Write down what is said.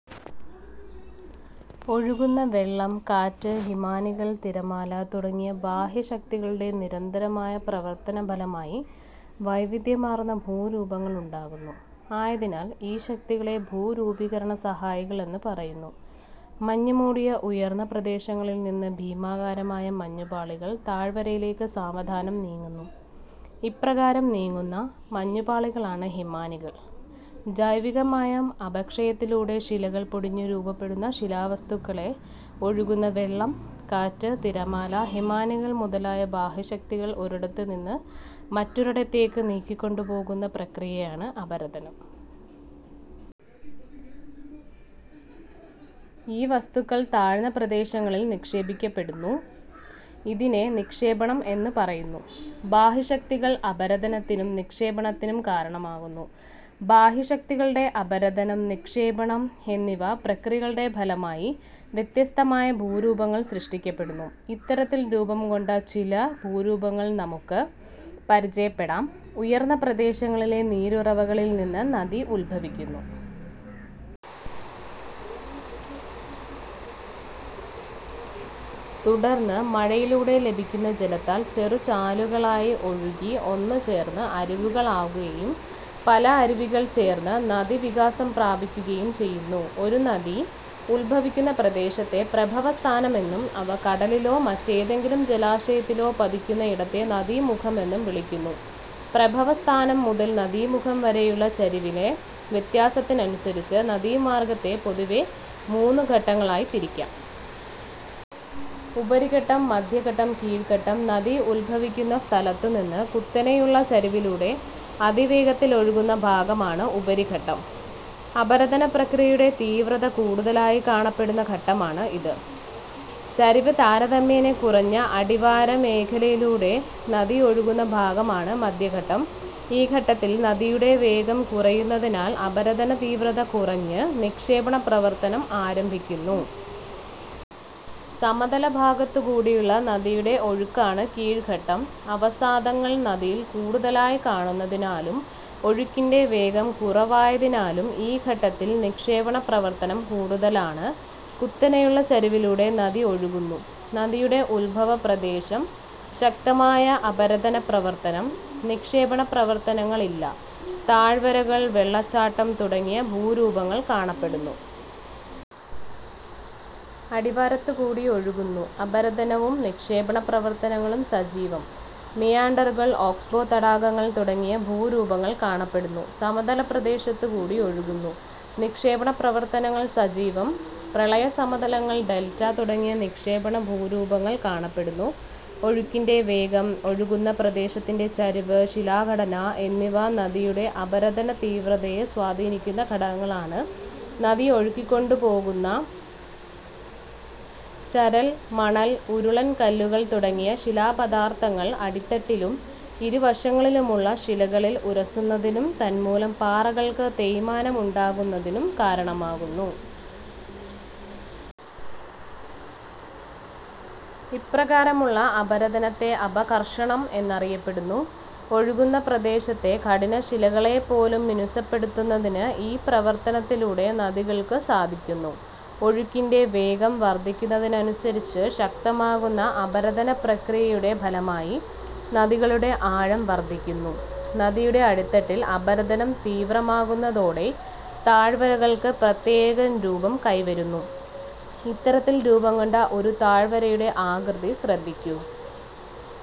ഒഴുകുന്ന വെള്ളം, കാറ്റ്, ഹിമാനികൾ, തിരമാല തുടങ്ങിയ ബാഹ്യശക്തികളുടെ നിരന്തരമായ പ്രവർത്തനഫലമായി വൈവിധ്യമാർന്ന ഭൂരൂപങ്ങളുണ്ടാകുന്നു. ആയതിനാൽ ഈ ശക്തികളെ ഭൂരൂപരൂപീക രണസഹായികൾ എന്നു പറയുന്നു. മഞ്ഞുമൂടിയ ഉയർന്ന പ്രദേശങ്ങളിൽനിന്ന് ഭീമാകാരമായ മഞ്ഞുപാളികൾ താഴ്വരയിലേക്ക് സാവധാനം നീങ്ങുന്നു. ഇപ്രകാരം നീങ്ങുന്ന മഞ്ഞു പാളികളാണ് ഹിമാനികൾ. ജൈവികവുമായ അപക്ഷയത്തിലൂടെ ശിലകൾ പൊടിഞ്ഞ് രൂപപ്പെട്ട ശിലാവസ്തുക്കളെ ഒഴുകുന്ന വെള്ളം, കാറ്റ്, തിരമാല, ഹിമാനികൾ മുതലായ ബാഹ്യശക്തികൾ ഒരിടത്തുനിന്ന് മറ്റൊരിടത്തേക്കു നീക്കിക്കൊണ്ടു പോകുന്ന പ്രക്രിയയാണ് അപരദനം. ഈ വസ്തുക്കൾ താഴ്ന്ന പ്രദേശങ്ങളിൽ നിക്ഷേപിക്കപ്പെടുന്നു. ഇതിനെ നിക്ഷേപണം എന്ന് പറയുന്നു. ബാഹ്യശക്തികൾ അപരദനത്തിനും നിക്ഷേപണത്തിനും കാരണമാകുന്നു. ബാഹ്യശക്തികളുടെ അപരദനം, നിക്ഷേപണം എന്നീ പ്രക്രിയകളുടെ ഫലമായി വ്യത്യസ്തമായ ഭൂരൂപങ്ങൾ സൃഷ്ടിക്കപ്പെടുന്നു. ഇത്തരത്തിൽ രൂപം കൊണ്ട് ചില ഭൂരൂപങ്ങളെ നമുക്ക് പരിചയപ്പെടാം. ഉയർന്ന പ്രദേശങ്ങളിലെ നീരുറവകളിൽനിന്ന് നദി ഉദ്ഭവിക്കുന്നു. തുടർന്ന് മഴയിലൂടെ ലഭിക്കുന്ന ജലത്താൽ ചെറുചാലുകളായി ഒഴുകി ഒന്നുചേർന്ന് അരുവികളാവുകയും പല അരുവികൾ ചേർന്ന് നദി വികാസം പ്രാപിക്കുകയും ചെയ്യുന്നു. ഒരു നദി ഉദ്ഭവിക്കുന്ന പ്രദേശത്തെ പ്രഭവസ്ഥാനമെന്നും അവ കടലിലോ മറ്റേതെങ്കിലും ജലാശയത്തിലോ പതിക്കുന്ന ഇടത്തെ നദീമുഖമെന്നും വിളിക്കുന്നു. പ്രഭവസ്ഥാനം മുതൽ നദീമുഖം വരെയുള്ള ചരിവിലെ വ്യത്യാസത്തിനനുസരിച്ച് നദീമാർഗത്തെ പൊതുവെ മൂന്നു ഘട്ടങ്ങളായി തിരിക്കാം. ഉപരിഘട്ടം. മധ്യഘട്ടം, കീഴ്ഘട്ടം. നദി ഉദ്ഭവിക്കുന്ന സ്ഥലത്തുനിന്ന് കുത്തനെയുള്ള ചരിവിലൂടെ അതിവേഗത്തിൽ ഒഴുകുന്ന ഭാഗമാണ് ഉപരിഘട്ടം. അപരദന പ്രക്രിയയുടെ തീവ്രത കൂടുതലായി കാണപ്പെടുന്ന ഘട്ടമാണിത്. ചരിവ് താരതമ്യേന കുറഞ്ഞ അടിവാര മേഖലയിലൂടെ നദി ഒഴുകുന്ന ഭാഗമാണ് മധ്യഘട്ടം. ഈ ഘട്ടത്തിൽ നദിയുടെ വേഗം കുറയുന്നതിനാൽ അപരദനതീവ്രത കുറഞ്ഞ് നിക്ഷേപണപ്രവർത്തനം ആരംഭിക്കുന്നു. സമതലഭാഗത്തു കൂടിയുള്ള നദിയുടെ ഒഴുക്കാണ് കീഴ്ഘട്ടം. അവസാദങ്ങൾ നദിയിൽ കൂടുതലായി കാണുന്നതിനാലും ഒഴുക്കിന്റെ വേഗം കുറവായതിനാലും ഈ ഘട്ടത്തിൽ നിക്ഷേപണ പ്രവർത്തനം കൂടുതലാണ്. കുത്തനെയുള്ള ചരിവിലൂടെ നദി ഒഴുകുന്നു. നദിയുടെ ഉദ്ഭവ പ്രദേശം. ശക്തമായ അപരദന പ്രവർത്തനം. നിക്ഷേപണപ്രവർത്തനങ്ങൾ ഇല്ല. താഴ്വരകൾ, വെള്ളച്ചാട്ടം തുടങ്ങിയ ഭൂരൂപങ്ങൾ കാണപ്പെടുന്നു. അടിവാരത്തുകൂടി ഒഴുകുന്നു. അപരദനവും നിക്ഷേപണപ്രവർത്തനങ്ങളും സജീവം. മിയാൻഡറുകൾ, ഓക്സ്ബോ തടാകങ്ങൾ തുടങ്ങിയ ഭൂരൂപങ്ങൾ കാണപ്പെടുന്നു. സമതലപ്രദേശത്തുകൂടി ഒഴുകുന്നു. നിക്ഷേപണപ്രവർത്തനങ്ങൾ സജീവം. പ്രളയ സമതലങ്ങൾ, ഡൽറ്റ തുടങ്ങിയ നിക്ഷേപണഭൂരൂപങ്ങൾ കാണപ്പെടുന്നു. ഒഴുക്കിന്റെ വേഗം, ഒഴുകുന്ന പ്രദേശത്തെ ചരിവ്, ശിലാഘടന എന്നിവ നദിയുടെ അപരദനതീവ്രതയെ സ്വാധീനിക്കുന്ന ഘടകങ്ങളാണ്. നദി ഒഴുക്കിക്കൊണ്ടുപോകുന്ന ചരൽ, മണൽ, ഉരുളൻകല്ലുകൾ തുടങ്ങിയ ശിലാപദാർഥങ്ങൾ അടിത്തട്ടിലും ഇരുവശങ്ങളിലുമുള്ള ശിലകളിൽ ഉരസുന്നതിനും തന്മൂലം പാറകൾക്ക് തേയ്മാനം ഉണ്ടാകുന്നതിനും കാരണമാകുന്നു. ഇപ്രകാരമുള്ള അപരദനത്തെ അപഘർഷണം എന്നറിയപ്പെടുന്നു. ഒഴുകുന്ന പ്രദേശത്തെ കഠിനശിലകളെപ്പോലും മിനുസപ്പെടുത്തുന്നതിന് ഈ പ്രവർത്തനത്തിലൂടെ നദികൾക്ക് സാധിക്കുന്നു. ഒഴുക്കിന്റെ വേഗം വർധിക്കുന്നതിനനുസരിച്ച് ശക്തമാകുന്ന അപരദനപ്രക്രിയയുടെ ഫലമായി നദികളുടെ ആഴം വർധിക്കുന്നു. നദിയുടെ അടിത്തട്ടിൽ അപരദനം തീവ്രമാകുന്നതോടെ താഴ്വരകൾക്ക് പ്രത്യേക രൂപം കൈവരുന്നു. ഇത്തരത്തിൽ രൂപംകൊണ്ട ഒരു താഴ്വരയുടെ ആകൃതി ശ്രദ്ധിക്കൂ.